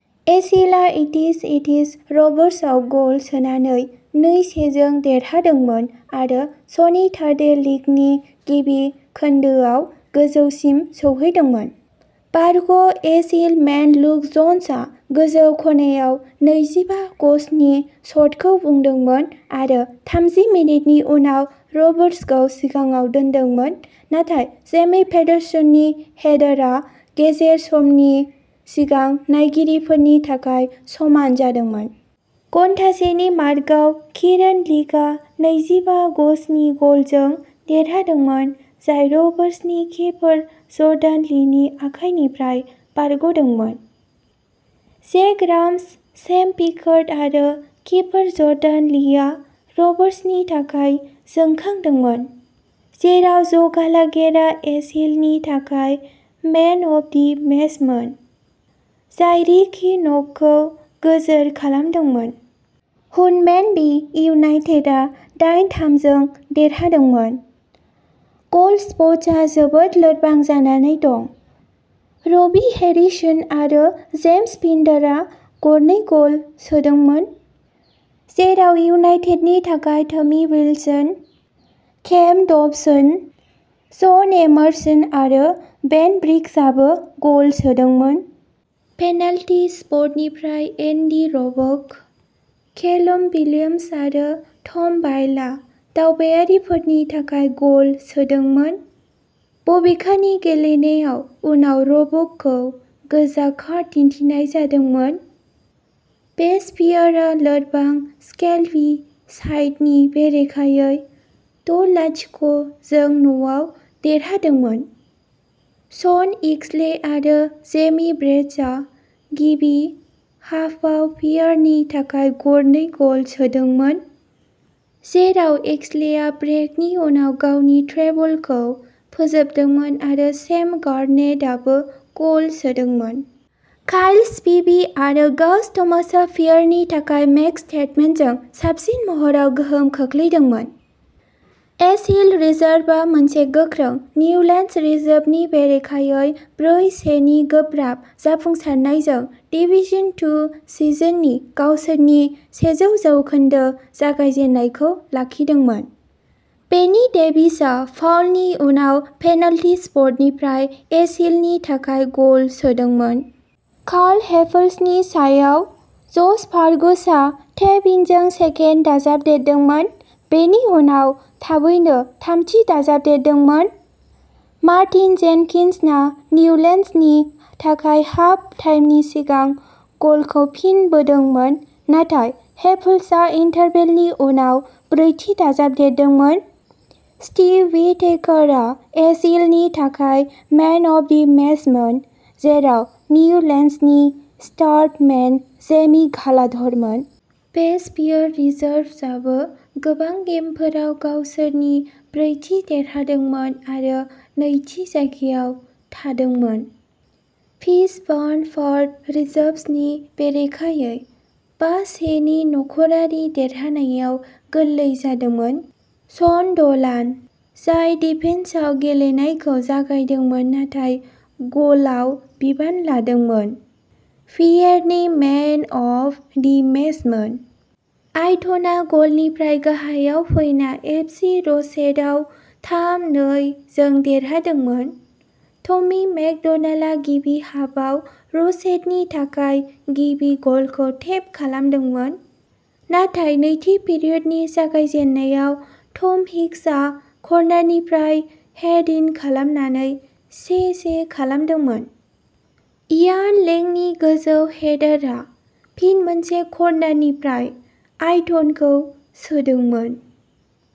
एजहिलआ इटिस इटिस र'वर्सआव गल सोनानै नै-से जों देरहादोंमोन आरो सनिटारडे लिगनि गिबि खोन्दोआव गोजौसिम सौहैदोंमोन। बारग' एजहिल मेन लुक जन्सआ गोजौ खनायाव नैजिबा गजनि शटखौ बुदोंमोन आरो थामजि मिनिटनि उनाव र'वर्सखौ सिगाङाव दोनदोंमोन नाथाय जेमि पेटारसननि हेडारआ गेजेर समनि सिगां नायगिरिफोरनि थाखाय समान जादोंमोन। घन्टासेनि मार्कआव किरान लिंकआ नैजिबा गजनि गलजों देरहादोंमोन जाय र'वर्सनि किपार जर्डान लीनि आखायनिफ्राय बारग'दोंमोन। जेक राम'स, सेम पिकार्ड आरो किपार जर्डान लीआ र'वर्सनि थाखाय जोंखांदोंमोन, जेराव ज'गालाघेरा एजहिलनि थाखाय मेन अफ दि मेचमोन, जाय रिकी नकखौ गोजोर खालामदोंमोन। हुनमेनबी इउनाइटेडआ दाइन-थाम जों देरहादोंमोन। गल स्पर्टसआ जोबोद लोरबां जानानै दं। रबि हेरिसन आरो जेम्स पिन्डारा गरनै गल सोदोंमोन, जेराव इउनाइटेडनि थाखाय Tommy Wilson, Cam Dobson, John Emerson आरो बेन ब्रिग्सआबो गल सोदोंमोन। पेनाल्टी स्पटनिफ्राय एन्डी र'बक, कैलम विलियम्स आरो टम वाइल्डआ दावबायारिफोरनि थाखाय गल सोदोंमोन, बबेखानि गेलेनायाव उनाव र'बकखौ गोजा कार्ड दिन्थिनाय जादोंमोन। वेस्ट पियेरआ लोरबां स्केल्बी साइडनि बेरेखायै द'-लाथिख' जों न'आव देरहादोंमोन। शन एक्सले आरो जेमी ब्रेडश'आ गिबि हाफआव पियेरनि थाखाय गरनै गल सोदोंमोन, जेराव एक्सलेआ ब्रेकनि उनाव गावनि ट्रेबलखौ फोजोबदोंमोन आरो सेम गार्नेटआबो गल सोदोंमोन। काइल स्पिभि आरो गाज थमासआ पियेरनि थाखाय मेक्स टेडमेनजों साबसिन महराव गोहोम खोख्लैदोंमोन। एजहिल रिजार्भआ मोनसे गोख्रों निउलेन्डस रिजर्वनि बेरेखायै ब्रै-से नि गोब्राब जाफुंसारनायजों डिवीजन टू सिजननि गावसोरनि सेजौ जौखोनदो जागायजेन्नायखौ लाखिदोंमोन। बेनि डेभिसआ फाउलनि उनाव पेनाल्टी स्पटनिफ्राय एजहिलनि थाखाय गल सोदोंमोन। कार्ल हेपल्सनि सायाव, जश फार्गुसआ टेप इनजों सेकेन्ड दाजाबदेरदोंमोन, बेनि उनाव थाबैनो थामथि दाजाबदेरदोंमोन। मार्टिन जेनकिन्सना निउलेन्डसनि थाखाय हाफ टाइमनि सिगां गलखौ फिन बोदोंमोन, नाथाय हेपल्सआ इन्टारभेलनि उनाव ब्रैथि दाजाबदेरदोंमोन। स्टीव व्हिटेकरआ एजहिलनि थाखाय मेन अफ दि मेचमोन, जेराव न्यूलैंड्सनि स्टार मेन जेमी गालाघरमोन। वेस्ट पियेर रिजार्भ्सआबो गोबां गेमफोराव गावसोरनि ब्रैथि देरहादोंमोन आरो नैथि जायगायाव थादोंमोन, फिशबर्न पार्क रिजर्व्सनि बेरेखायै बा-से नि न'खरारि देरहासारनायाव गोरलै जादोंमोन। शन ड'लान, जाय डिफेन्सआव गेलेनायखौ जागायदोंमोन नाथाय गलआव बिबान लादोंमोन, पियेरनि मेन अफ दि मेचमोन। आयटनआ गलनिफ्राय गाहायाव फैना एफसि र'सेटआव थाम-नै जों देरहादोंमोन। टमी मैकड'नाल्डआ गिबि हाफआव र'सेटनि थाखाय गिबि गलखौ टेप खालामदोंमोन, नाथाय नैथि पिरियडनि जागायजेन्नायाव टम हिक्सआ कर्नारनिफ्राय हेद इन खालामनानै से-से खालामदोंमोन। इयान लेंनि गोजौ हेडारआ, फिन मोनसे कर्नारनिफ्राय, आयटनखौ सोदोंमोन।